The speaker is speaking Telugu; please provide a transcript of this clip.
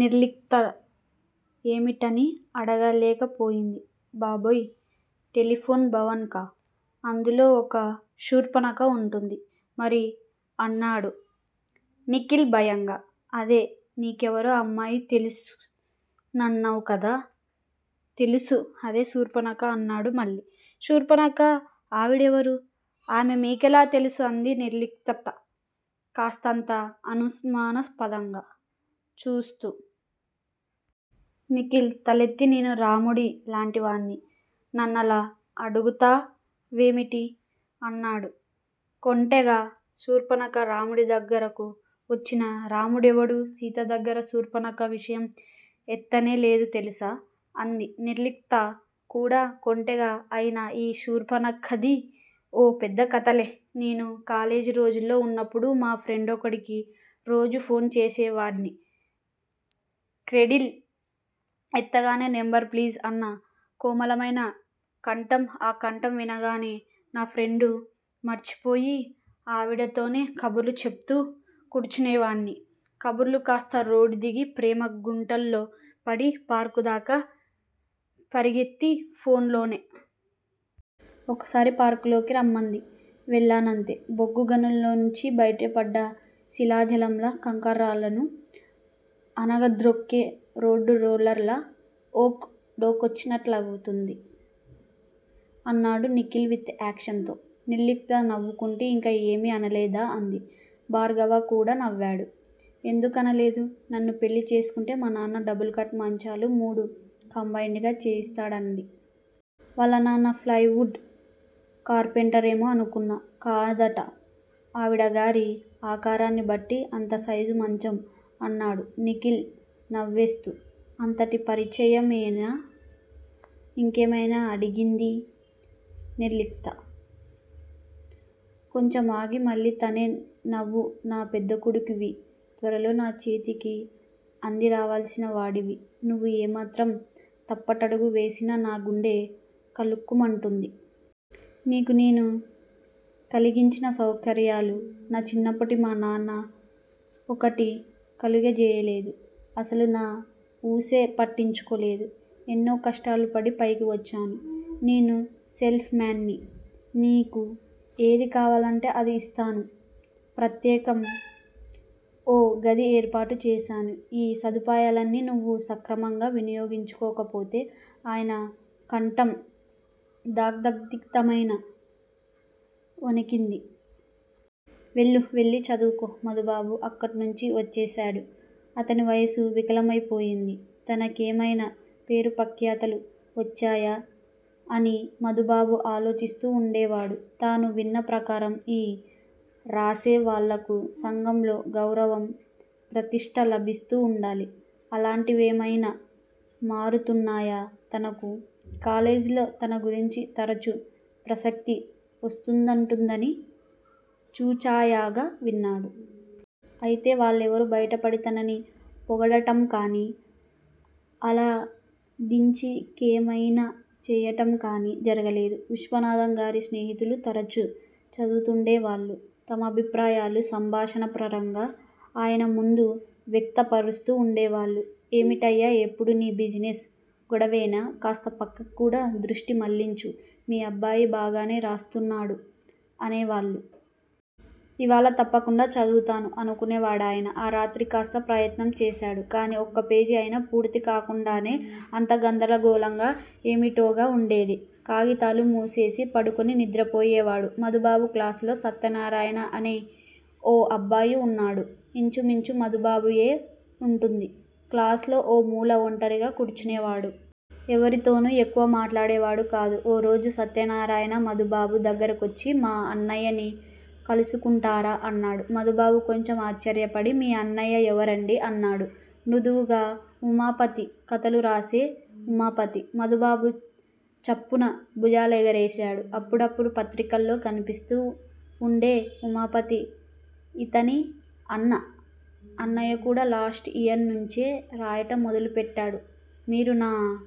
నిర్లిప్త ఏమిటని అడగలేకపోయింది. బాబోయ్ టెలిఫోన్ భవన్ కా? అందులో ఒక శూర్పనక వుంటుంది మరి అన్నాడు నిఖిల్ భయంగా. అదే నీకెవరో అమ్మాయి తెలుసునన్నావ్ కదా! తెలుసు అదే శూర్పనఖ అన్నాడు మళ్ళీ. శూర్పనఖా ఆవిడెవరు? ఆమె మీకెలా తెలుసు? అంది నిర్లిప్త కాస్తంత అనుమానాస్పదంగా చూస్తూ. నిఖిల్ తలెత్తి నేను రాముడి లాంటివాన్ని. నన్నలా అడుగుతా వేమిటి? అన్నాడు కొంటెగా. శూర్పనఖ రాముడి దగ్గరకు వచ్చినా రాముడెవ్వడూ సీత దగ్గర శూర్పణఖ విషయం ఎత్తనే లేదు తెలుసా? అంది నిర్లిప్త కూడా కొంటెగా. అయినా ఈ శూర్పనఖది ఓ పెద్ద కథలే! నేను కాలేజీ రోజుల్లో వున్నప్పుడు మా ఫ్రెండొకడికి రోజూ ఫోన్ చేసేవాడ్ని క్రెడిల్ ఎత్తగానే నంబర్ ప్లీజ్ అన్న కోమలమైన కంఠం ఆ కంఠం వినగానే నా ఫ్రెండు మర్చిపోయి ఆవిడగారితో కబుర్లు చెపుతూ కూర్చునేవాడ్ని కబుర్లు కాస్త రోడ్డు దిగి ప్రేమ గుంటల్లో పడి పార్క్ దాకా పరిగెత్తింది ఫోన్ లోనే. ఓసారి పార్క్లోకి రమ్మంది. వెళ్ళానంతే! బొగ్గు గనుల్లోంచి బయటపడ్డ శిలాజంలా కంకర్లను అణగద్రొక్కే రోడ్ రోలర్ లా 'ఓక్' డోకొచ్చినట్లవుతుంది అన్నాడు నిఖిల్ విత్ యాక్షన్ తో. నిర్లిప్త నవ్వుకుంటూ ఇంకా ఏమీ అనలేదా? అంది. భార్గవ కూడా నవ్వాడు. ఎందుకనలేదు. నన్ను పెళ్ళి చేసుకుంటే మా నాన్న డబుల్ కాట్ మంచాలు మూడు కంబైండ్ గా చేయిస్తాడంది. వాళ్ళ నాన్న ఫ్లయివుడ్ కార్పెంటరేమో అనుకున్నా, కాదుట ఆవిడగారి ఆకారాన్నిబట్టి అంత సైజు మంచం అన్నాడు నిఖిల్ నవ్వేస్తూ. అంతటి పరిచయమేనా? ఇంకేమైనా అడిగింది నిర్లిప్త. కొంచెం ఆగి, మళ్ళీ తనే నవ్వు నా పెద్దకొడుకువి. త్వరలో నా చేతికి అందిరావాల్సిన వాడివి. నువ్వు ఏమాత్రం తప్పటడుగు వేసినా నా గుండె కళుక్కుమంటుంది. నీకు నేను కలిగించిన సౌకర్యాలు, నా చిన్నప్పుడు మా నాన్న ఒక్కటీ కలుగజెయ్యలేదు. అసలు నా ఊసే పట్టించుకోలేదు. ఎన్నో కష్టాలుపడి పైకి వచ్చాను. నేను సెల్ఫ్ మ్యన్ ని. నీకు ఏది కావాలంటే అది యిస్తాను. ప్రత్యేకం ఓ గది ఏర్పాటుచేశాను. ఈ సదుపాయాలన్ని నువ్వు సక్రమంగా వినియోగించుకోకపోతే ఆయన కంఠం దాద్గదికమైన వణికింది. వెళ్ళు. వెళ్ళి చదువుకో మధుబాబు అక్కడినుంచి వచ్చేశాడు. అతని వయస్సు వికలమైపోయింది. తన కేమైనా పేరుప్రఖ్యాతులు వచ్చాయా అని మధుబాబు ఆలోచిస్తూ వుండేవాడు. తాను విన్న ప్రకారం ఈ రాసేవాళ్ళకు సంఘంలో గౌరవం, ప్రతిష్ట లభిస్తూ వుండాలి. అలాంటివేమయినా మరుతున్నాయా తనకు? కాలేజీలో తనగురించి తరుచు ప్రసక్తి వస్తూంటుందని చూచాయగా విన్నాడు. అయితే వాళ్ళెవరూ బయటపడి తనని పొగడటంకాని, అలాదించికేమయినా చెయ్యటంకాని జరగలేదు. విశ్వనాథంగారి స్నేహితులు తరచు చదువుతూండేవాళ్లు. తమ అభిప్రాయాలు సంభాషణాపరంగా ఆయనముందు వ్యక్తపరుస్తూ వుండేవాళ్ళు ఏమిటయ్యా ఎప్పుడూ నీ బిజినెస్ గొడవేనా? కాస్త ప్రక్కకి కూడా దృష్టి మళ్ళించు. మీ అబ్బాయి బాగానే రాస్తున్నాడు అనేవాళ్ళు. ఇవాళ తప్పకుండా చదువుతాను అనుకునేవాడాయన. ఆ రాత్రి కాస్త ప్రయత్నం చేశాడు. కాని ఒక్కపేజి అయినా పూర్తికాకుండానే అంతా గందరగోళంగా, ఏమిటోగా వుండేది. కాయితాలు మూసేసి పడుకుని నిద్రపోయేవాడు. మధుబాబు క్లాసులో సత్యనారాయణ అని ఓ అబ్బాయి వున్నాడు. ఇంచుమించు మధుబాబు యె వుంటుంది. క్లాసులో ఓ మూల వంటరిగా కూర్చునే వాడు. ఎవరితోనూ ఎక్కువ మాట్టాడేవాడు కాదు. ఓ రోజు సత్యనారాయణ మధుబాబు దగ్గరకొచ్చి మా అన్నయ్యని కలుసుకుంటారా? అన్నాడు. మధుబాబు కొంచెం ఆశ్చర్యపడి మీ అన్నయ్య ఎవరండీ? అన్నాడు మృదువుగా. ఉమాపతి, కథలురాసే ఉమాపతి. మధుబాబు చప్పున భుజాలెగరేశాడు. అప్పుడప్పుడూ పత్రికల్లో కనిపిస్తూ వుండే ఉమాపతి యితని అన్నా? అన్నయ్యకూడా లాస్ట్ ఇయర్ నుంచే రాయటం మొదలుపెట్టాడు. మీరు నా